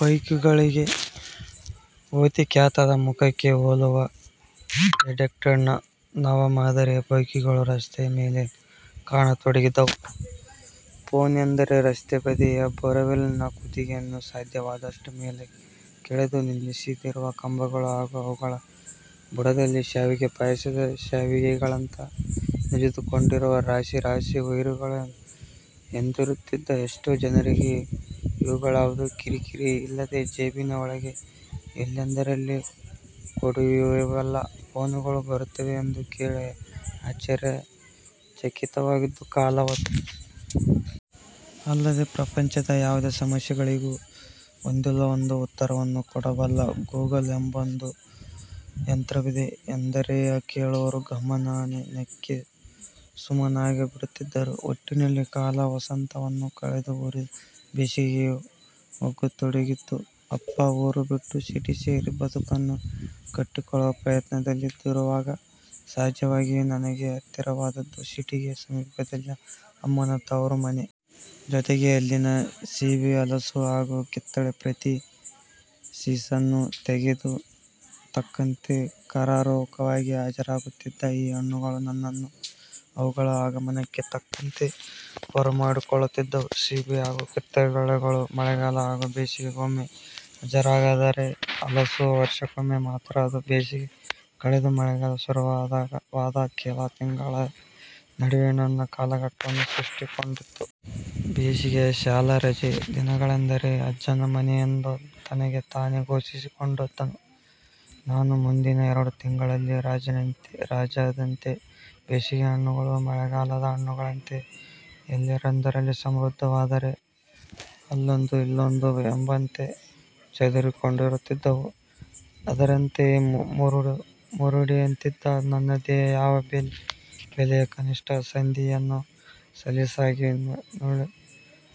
ಬೈಕುಗಳೊಟ್ಟಿಗೆ ಓತಿಕ್ಯಾತದ ಮುಖಕ್ಕೆ ಹೋಲುವ ಹೆಡ್ಲೈಟ್ ನ ನವ ಮಾದರಿಯ ಬೈಕುಗಳು ರಸ್ತೆಯ ಮೇಲೆ ಕಾಣತೊಡಗಿದ್ದವು, ಫೋನೆಂದರೆ ರಸ್ತೆ ಬದಿಯ ಬೋರವೆಲ್ ನ ಕುತ್ತಿಗೆಯನ್ನು ಸಾಧ್ಯವಾದಷ್ಟು ಮೇಲಕ್ಕೆಳೆದು ನಿಲ್ಲಿಸಿರಿವ ಕಂಬಗಳು ಹಾಗು ಅವುಗಳ ಬುಡದಲ್ಲಿ ಶಾವಿಗೆ ಪಾಯಸದ ಶಾವಿಗೆಗಳಂತೆ ನುಲಿದುಕೊಂಡಿರುವ ರಾಶಿ ರಾಶಿ ವೈರುಗಳು ಎಂದರಿತ್ತದ್ದ ಎಷ್ಟೋ ಜನರಿಗೆ ಇವುಗಳ್ಯಾವುದರ ಕಿರಿ- ಕಿರಿ ಇಲ್ಲದೆ ಜೇಬಿನ ಒಳಗೆ ಎಲ್ಲೆಂದರಲ್ಲಿಗೆ ಕೊಡೊಯ್ಯಬಲ್ಲ ಫೋನುಗಳು ಬರುತ್ತಿದೆ ಎಂದು ಕೇಳಿ ಆಶ್ಚರ್ಯ ಚಕಿತವಾಗುತ್ತಿದ್ದ ಕಾಲವದು.. ಅಲ್ಲದೆ ಪ್ರಪಂಚದ ಯಾವುದೇ ಸಮಸ್ಯೆಗಳಿಗೂ ಒಂದಿಲ್ಲೊಂದು ಉತ್ತರವನ್ನು ಕೊಡಬಲ್ಲ 'ಗೂಗಲ್' ಎಂಬೊಂದು ಯಂತ್ರವಿದೆ ಎಂದರೆ ಕೇಳಿದವರು ಗಹಗಹನೇ ನಕ್ಕಿ ಸುಮ್ಮನಾಗಿಬಿಡುತ್ತಿದ್ದರು. ಒಟ್ಟಿನಲ್ಲಿ ಕಾಲ ವಸಂತವನ್ನು ಕಳೆದು ಉರಿ ಬೇಸಿಗೆಗೆ ಒಗ್ಗತೊಡಗಿತ್ತು. ಅಪ್ಪ ಊರು ಬಿಟ್ಟು ಸಿಟಿ ಸೇರಿ ಬದುಕನ್ನು ಕಟ್ಟಿಕೊಳ್ಳುವ ಪ್ರಯತ್ನದಲ್ಲಿರುವಾಗ ಸಹಜವಾಗಿಯೇ ನನಗೆ ಹತ್ತಿರವಾದದ್ದು ಸಿಟಿಗೆ ಸಮೀಪದಲ್ಲಿದ್ದ ಅಮ್ಮನ ತವರು ಮನೆ. ಜೊತೆಗೆ ಅಲ್ಲಿನ ಸೀಬೆ ಹಲಸು ಹಾಗು ಕಿತ್ತಳೆ. ಪ್ರತಿ ಸೀಸನ್ ಗೆ ತಕ್ಕಂತೆ ಕರಾರುವಕ್ಕಾಗಿ ಹಾಜರಾಗುತಿದ್ದ ಈ ಹಣ್ಣುಗಳು ನನ್ನನೂ ಅವುಗಳ ಆಗಮನಕ್ಕೆ ತಕ್ಕಂತೆ ಬರಮಾಡಿಕೊಳ್ಳುತ್ತಿದ್ದವು. ಸೀಬೆ ಹಾಗು ಕಿತ್ತಳೆಗಳು ಮಳೆಗಾಲ ಹಾಗು ಬೇಸಿಗೆಗೊಮ್ಮೆ ಹಾಜರಾದರೆ ಹಲಸು ವರ್ಷಕೊಮ್ಮೆ ಮಾತ್ರ. ಅದೂ ಬೇಸಿಗೆ ಕಳೆದು ಮೆಳೆಗಾಲ ಶುರುವಾದ ಕೆಲ ತಿಂಗಳುಗಳ ನಡುವೆ ತನ್ನ ಕಾಲಘಟ್ಟವನ್ನು ಸೃಷ್ಟಿಸಿಕೊಂಡಿತ್ತು. ಬೇಸಿಗೆಯ ಶಾಲಾ ರಜ ದಿನಗಳೆಂದರೆ ಅಜ್ಜನ ಮನೆಯೆಂದು ತನಗೆ ತಾನೆ ಘೋಷಿಸಿಕೊಂಡಿದ್ದ ನಾನು ಮುಂದಿನ ಎರಡು ತಿಂಗಳು ಅಲ್ಲಿ ರಾಜನಂತೆ. ಬೇಸಿಗೆಯ ಹಣ್ಣುಗಳು ಮಳೆಗಾಲದ ಹಣ್ಣುಗಳಂತೆ ಎಲ್ಲೆಂದರಲ್ಲಿ ಸಮೃದ್ದವಾಗಿರದೆ ಅಲ್ಲೊಂದು ಇಲ್ಲೊಂದು ಎಂಬಂತೆ ಚದುರಿಕೊಂಡಿರುತಿದ್ದವು. ಆದರೇನಂತೆ, ಮೂರಡಿಯಂತಿದ್ದ ನನ್ನ ದೇಹ ಯಾವ ಬೇಲಿಯ ಕನಿಷ್ಠ ಸಂದಿಯನ್ನೂ ಸಲೀಸಾಗಿ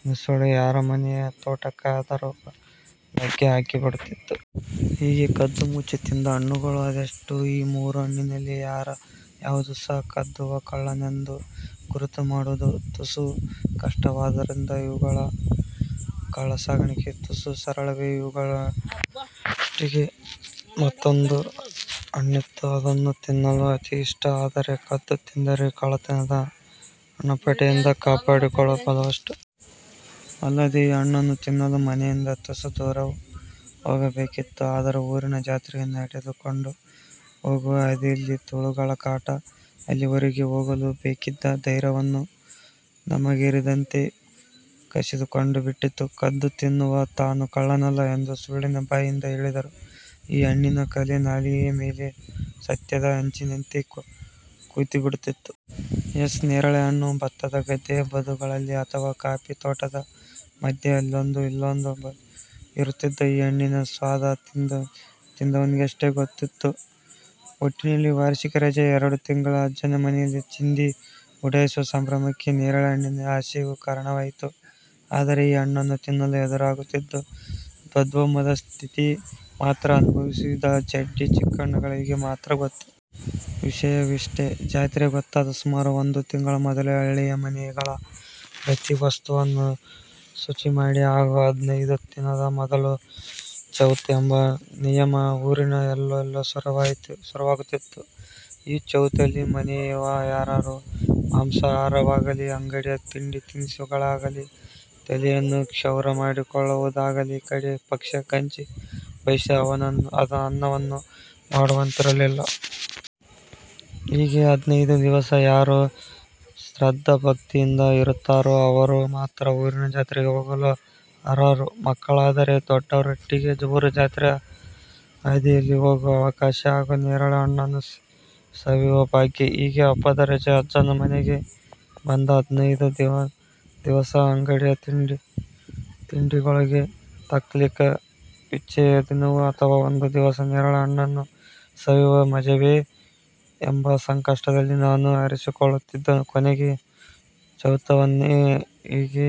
ನುಸುಳಿ ಯಾರ ಮನೆಯ ತೋಟಕ್ಕಾದರೂ ಲಗ್ಗೆ ಹಾಕಿಬಿಡುತ್ತಿತ್ತು. ಹೀಗೆ ಕದ್ದು ಮುಚ್ಚಿ ತಿಂದ ಹಣ್ಣುಗಳು ಅದೆಷ್ಟೋ. ಈ ಮೂರೂ ಹಣ್ಣಿನಲ್ಲಿ ಯಾವುದೂ ಸಹ ಕದ್ದವ ಕಳ್ಳನೆಂದು ಗುರುತು ಮಾಡುವುದು ತುಸು ಕಷ್ಟವಾದರಿಂದ ಇವುಗಳ ಕಳ್ಳಸಾಗಣೆ ತುಸು ಸರಳವೇ. ಇವುಗಳೊಟ್ಟಿಗೆ ಮತ್ತೊಂದು ಹಣ್ಣಿತ್ತು. ಅದನ್ನು ತಿನ್ನಲು ಅತಿ ಇಷ್ಟ ಆದರೆ ಕದ್ದು ತಿಂದರೆ ಕಳ್ಳತನದ ಹಣೆಪಟ್ಟಿಯಿಂದ ಕಾಪಾಡಿಕೊಳ್ಳುವುದು ಬಲುಕಷ್ಟ. ಅಲ್ಲದೆ ಈ ಹಣ್ಣನು ತಿನ್ನಲು ಮನೆಯಿಂದ ತುಸು ದೂರವೂ ಹೋಗಬೇಕಿತ್ತು, ಅದೂ ಊರಿನ ಜಾತ್ರೆಗೆ ನೆಡೆದುಕೊಂಡು ಹೋಗುವ ಹಾದಿಯಲ್ಲಿ. ತೋಳಗಳ ಕಾಟ ಅಲ್ಲಿಯವರೆಗೂ ಹೋಗಲು ಬೇಕಿದ್ದ ಧೈರ್ಯವನ್ನು ನಮಗರಿಯದಂತೆ ಕಸಿದುಕೊಂಡುಬಿಟ್ಟಿತ್ತು. ಕದ್ದು ತಿಂದವ ತಾನು ಕಳ್ಳನಲ್ಲ ಎಂದು ಸುಳ್ಳಿನ ಬಾಯಿಂದ ಹೇಳಿದರೂ ಈ ಹಣ್ಣಿನ ಕಲೆ ನಾಲಿಗೆಯ ಮೇಲೆ ಸತ್ಯದ ಹಚ್ಚಿನಂತೆ ಕೂತಿಬಿಡುತಿತ್ತು. ಯಸ್, ನೇರಳೆ ಹಣ್ಣು. ಭತ್ತದ ಗದ್ದೆಯ ಬದುಗಳಲ್ಲಿ ಅಥವಾ ಕಾಫೀ ತೋಟದ ಮದ್ಯೆ ಅಲ್ಲೊಂದೂ ಇಲ್ಲೊಂದೂ ಇರುತಿದ್ದ ಈ ಹಣ್ಣಿನ ಸ್ವಾದ ತಿಂದವನಿಗಷ್ಟೇ ಗೊತ್ತಿತ್ತು. ಒಟ್ಟಿನಲ್ಲಿ ವಾರ್ಷಿಕ ರಜೆಯ ಎರಡು ತಿಂಗಳೂ ಅಜ್ಜನ ಮನೆಯಲ್ಲಿ ಚಿಂದಿ ಊಡಹಿಸುವ ಸಂಭ್ರಮಕ್ಕೆ ನೇರಳೆ ಹಣ್ಣಿನ ಆಸೆಯೂ ಕಾರಣವಾಗಿತ್ತು. ಆದರೆ ಈ ಹಣ್ಣನು ತಿನ್ನಲು ಎದುರಾಗುತ್ತಿದ್ದ ದ್ವಂದ್ವದ ಸ್ಥಿತಿ ಮಾತ್ರ ಅನುಬಹಿವಿಸಿದ ಚಡ್ಡಿ ಚಿಕ್ಕಣ್ಣಗಳಿಗೆ ಮಾತ್ರ ಗೊತ್ತು. ವಿಷಯವಿಷ್ಟೇ. ಜಾತ್ರೆ ಗೊತ್ತಾದ ಸುಮಾರು ಒಂದು ತಿಂಗಳ ಮೊದಲೇ ಹಳ್ಳಿಯ ಮನೆಗಳ ಪ್ರತಿ ವಸ್ತುವನ್ನೂ ಶುಚಿಮಾಡಿ ಹಾಗು ಹದಿನೈದು ದಿನದ ಮೊದಲು 'ಚೌತ' ಎಂಬ ನಿಯಮ ಊರಿನ ಎಲ್ಲೆಲ್ಲೂ ಶುರುವಾಗುತ್ತಿತ್ತು. ಈ ಚೌತದಲ್ಲಿ ಮನೆಯವರ್ಯಾರು ಮಾಂಸಾಹಾರವಾಗಲಿ, ಅಂಗಡಿಯ ತಿಂಡಿ ತಿನಿಸುಗಳಾಗಲಿ, ತಲೆಯನ್ನು ಕ್ಷೌರ ಮಾಡಿಸಿಕೊಳ್ಳುವುದಾಗಲಿ ಕಡೆ ಪಕ್ಷ ಗಂಜಿ ಬಸಿದ ಅನ್ನವನ್ನೂ ಮಾಡುವಂತಿರಲಿಲ್ಲ. ಹೀಗೆ ಹದಿನೈದು ದಿವಸ ಯಾರು ಶ್ರದ್ದಾಭಕ್ತಿಯಿಂದ ಇರುತ್ತಾರೋ ಅವರುಗಳು ಮಾತ್ರ ಊರಿನ ಜಾತ್ರೆಗೆ ಹೋಗಲು ಅರ್ಹರು. ಮಕ್ಕಳಾದರೆ, ದೊಡ್ಡವರೊಟ್ಟಿಗೆ ಊರ ಜಾತ್ರೆಯ ಹಾದಿಯಲ್ಲಿ ಹೋಗುವ ಅವಕಾಶ ಹಾಗು ನೇರಳೆ ಹಣ್ಣನು ಸವಿಯುವ ಭಾಗ್ಯ. ಹೀಗೆ ಹಬ್ಬದ ರಜೆಗೆ ಅಜ್ಜನ ಮನೆಗೆ ಬಂದು ಹದಿನೈದು ದಿವಸ ಅಂಗಡಿಯ ತಿಂಡಿಗಳೊಟ್ಟಿಗೆ ತಾತ್ಕಾಲಿಕ ವಿಚ್ಛೇದನವೋ ಅಥವಾ ಒಂದು ದಿವಸ ನೇರಳೆ ಹಣ್ಣನ್ನು ಸವಿಯುವ ಮಜವೋ ಎಂಬ ಸಂಕಷ್ಟದಲ್ಲಿ ನಾನು ಆರಿಸಿಕೊಳ್ಳುತಿದ್ದದು ಕೊನೆಗೆ ಚೌತವನ್ನೇ. ಹೀಗೆ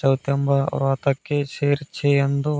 ಚೌತವೆಂಬ ವ್ರತಕ್ಕೆ ಸೇರಿ 'ಛೆ! ಒಂದು